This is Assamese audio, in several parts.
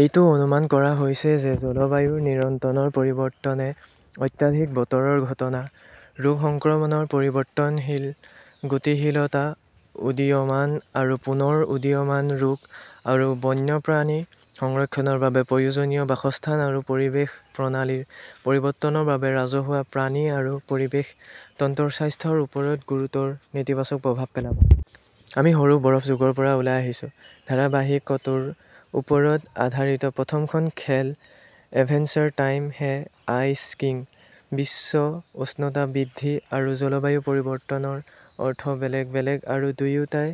এইটো অনুমান কৰা হৈছে যে জলবায়ুৰ নিৰন্তৰ পৰিৱৰ্তনে অত্যাধিক বতৰৰ ঘটনা, ৰোগ সংক্ৰমণৰ পৰিৱৰ্তনশীল গতিশীলতা, উদীয়মান আৰু পুনৰ উদীয়মান ৰোগ, আৰু বন্যপ্ৰাণী সংৰক্ষণৰ বাবে প্ৰয়োজনীয় বাসস্থান আৰু পৰিৱেশ প্ৰণালীৰ পৰিৱৰ্তনৰ বাবে ৰাজহুৱা, প্ৰাণী আৰু পৰিৱেশ তন্ত্ৰৰ স্বাস্থ্যৰ ওপৰত গুৰুতৰ নেতিবাচক প্ৰভাৱ পেলাব। আমি সৰু বৰফ যুগৰ পৰা ওলাই আহিছো। ধাৰাবাহিকটোৰ ওপৰত আধাৰিত প্ৰথমখন খেল, adventure time hey ice king! 'বিশ্ব উষ্ণতা বৃদ্ধি' আৰু 'জলবায়ু পৰিৱৰ্তন' ৰ অৰ্থ বেলেগ বেলেগ আৰু দুয়োটাই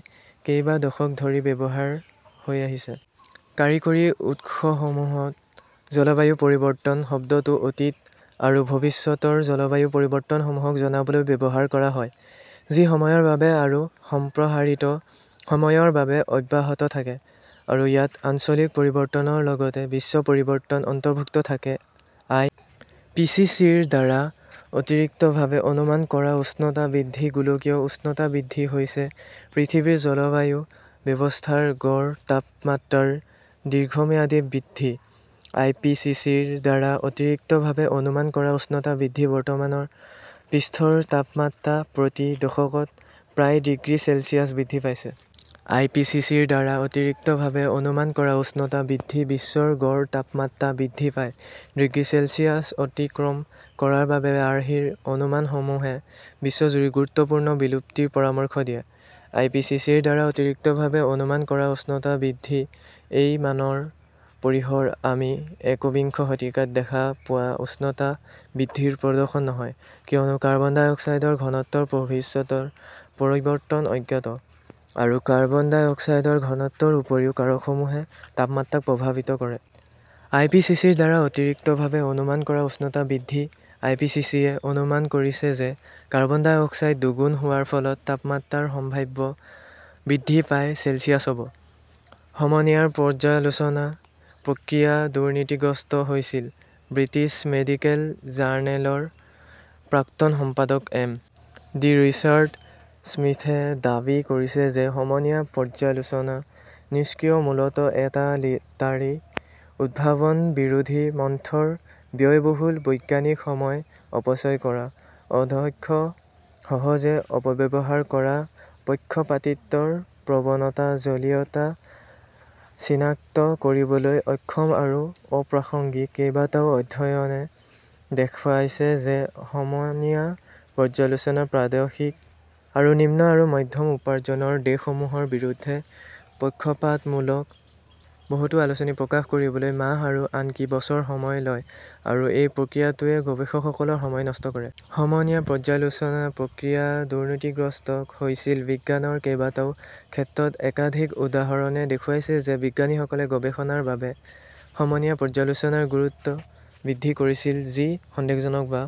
কেইবা দশক ধৰি ব্যৱহাৰ হৈ আহিছে। কাৰিকৰী উৎসসমূহত, জলবায়ু পৰিৱৰ্তন শব্দটো অতীত আৰু ভৱিষ্যতৰ জলবায়ু পৰিৱৰ্তনসমূহক জনাবলৈও ব্যৱহাৰ কৰা হয় যি সময়ৰ বাবে আৰু সম্প্ৰসাৰিত সময়ৰ বাবে অব্যাহত থাকে, আৰু ইয়াত আঞ্চলিক পৰিৱৰ্তনৰ লগতে বিশ্ব পৰিৱৰ্তন অন্তৰ্ভুক্ত থাকে। আই. পি. চি. চি. -ৰ দ্বাৰা অতিৰিক্তভাৱে অনুমান কৰা উষ্ণতা বৃদ্ধি গোলকীয় উষ্ণতা বৃদ্ধি হৈছে পৃথিৱীৰ জলবায়ু ব্যৱস্থাৰ গড় তাপমাত্ৰাৰ দীৰ্ঘম্যাদী বৃদ্ধি। আই. পি. চি. চি. -ৰ দ্বাৰা অতিৰিক্তভাৱে অনুমান কৰা উষ্ণতা বৃদ্ধি বৰ্তমান, পৃষ্ঠৰ তাপমাত্ৰা প্ৰতি দশকত প্ৰায় ডিগ্ৰী চেলছিয়াছ বৃদ্ধি পাইছে। আই. পি. চি. চি. -ৰ দ্বাৰা অতিৰিক্তভাৱে অনুমান কৰা উষ্ণতা বৃদ্ধি বিশ্বৰ গড় তাপমাত্ৰা বৃদ্ধি প্ৰায় ডিগ্ৰী চেলছিয়াছ অতিক্ৰম কৰাৰ বাবে, আৰ্হিৰ অনুমানসমূহে বিশ্বজুৰি গুৰুত্বপূৰ্ণ বিলুপ্তিৰ পৰামৰ্শ দিয়ে। আই. পি. চি. চি. -ৰ দ্বাৰা অতিৰিক্তভাৱে অনুমান কৰা উষ্ণতা বৃদ্ধি এই মানৰ পৰিসৰ আমি একবিংশ শতিকাত দেখা পোৱা উষ্ণতা বৃদ্ধিৰ প্ৰদৰ্শন নহয়, কিয়নো কাৰ্বন ডাই অক্সাইডৰ ঘনত্বৰ ভৱিষ্যতৰ পৰিৱৰ্তন অজ্ঞাত, আৰু কাৰ্বন ডাই অক্সাইডৰ ঘনত্বৰ উপৰিও কাৰকসমূহে তাপমাত্ৰাক প্ৰভাৱিত কৰে। আই. পি. চি. চি. -ৰ দ্বাৰা অতিৰিক্তভাৱে অনুমান কৰা উষ্ণতা বৃদ্ধি আই. পি. চি. চি. -য়ে অনুমান কৰিছে যে কাৰ্বন ডাই অক্সাইড দুগুণ হোৱাৰ ফলত তাপমাত্ৰাৰ সম্ভাৱ্য বৃদ্ধি প্ৰায় চেলছিয়াছ, হ 'ব। সমনীয়াৰ পৰ্যালোচনা প্ৰক্ৰিয়া দুৰ্নীতিগ্ৰস্ত হৈছিল ব্ৰিটিছ মেডিকেল জাৰ্নেলৰ প্ৰাক্তন সম্পাদক এম. ডি. ৰিচাৰ্ড স্মিথে দাবী কৰিছে যে সমনীয়া পৰ্যালোচনা "নিষ্ক্ৰিয়, মূলতঃ এটা লটাৰী, উদ্ভাৱন-বিৰোধী, মন্থৰ, ব্যয়বহুল, বৈজ্ঞানিক সময় অপচয় কৰা, অদক্ষ, সহজে অপব্যৱহাৰ কৰা, পক্ষপাতিত্বৰ প্ৰৱণতা, জালিয়াতি চিনাক্ত কৰিবলৈ অক্ষম আৰু অপ্ৰাসংগিক; কেইবাটাও অধ্যয়নে দেখুৱাইছে যে সমনীয়া পৰ্যালোচনা প্ৰাদেশিক আৰু নিম্ন আৰু মধ্যম উপাৰ্জনৰ দেশসমূহৰ বিৰুদ্ধে পক্ষপাতমূলক; বহুতো আলোচনী প্ৰকাশ কৰিবলৈ মাহ আৰু আনকি বছৰ সময় লয় আৰু এই প্ৰক্ৰিয়াটোৱে গৱেষকসকলৰ সময় নষ্ট কৰে। সমনীয়াৰ পৰ্যালোচনা প্ৰক্ৰিয়া দুৰ্নীতিগ্ৰস্ত হৈছিল বিজ্ঞানৰ কেইবাটাও ক্ষেত্ৰত একাধিক উদাহৰণে দেখুৱাইছে যে বিজ্ঞানীসকলে গৱেষণাৰ বাবে সমনীয়া পৰ্যালোচনাৰ গুৰুত্ব বৃদ্ধি কৰিছিল যি সন্দেহজনক বা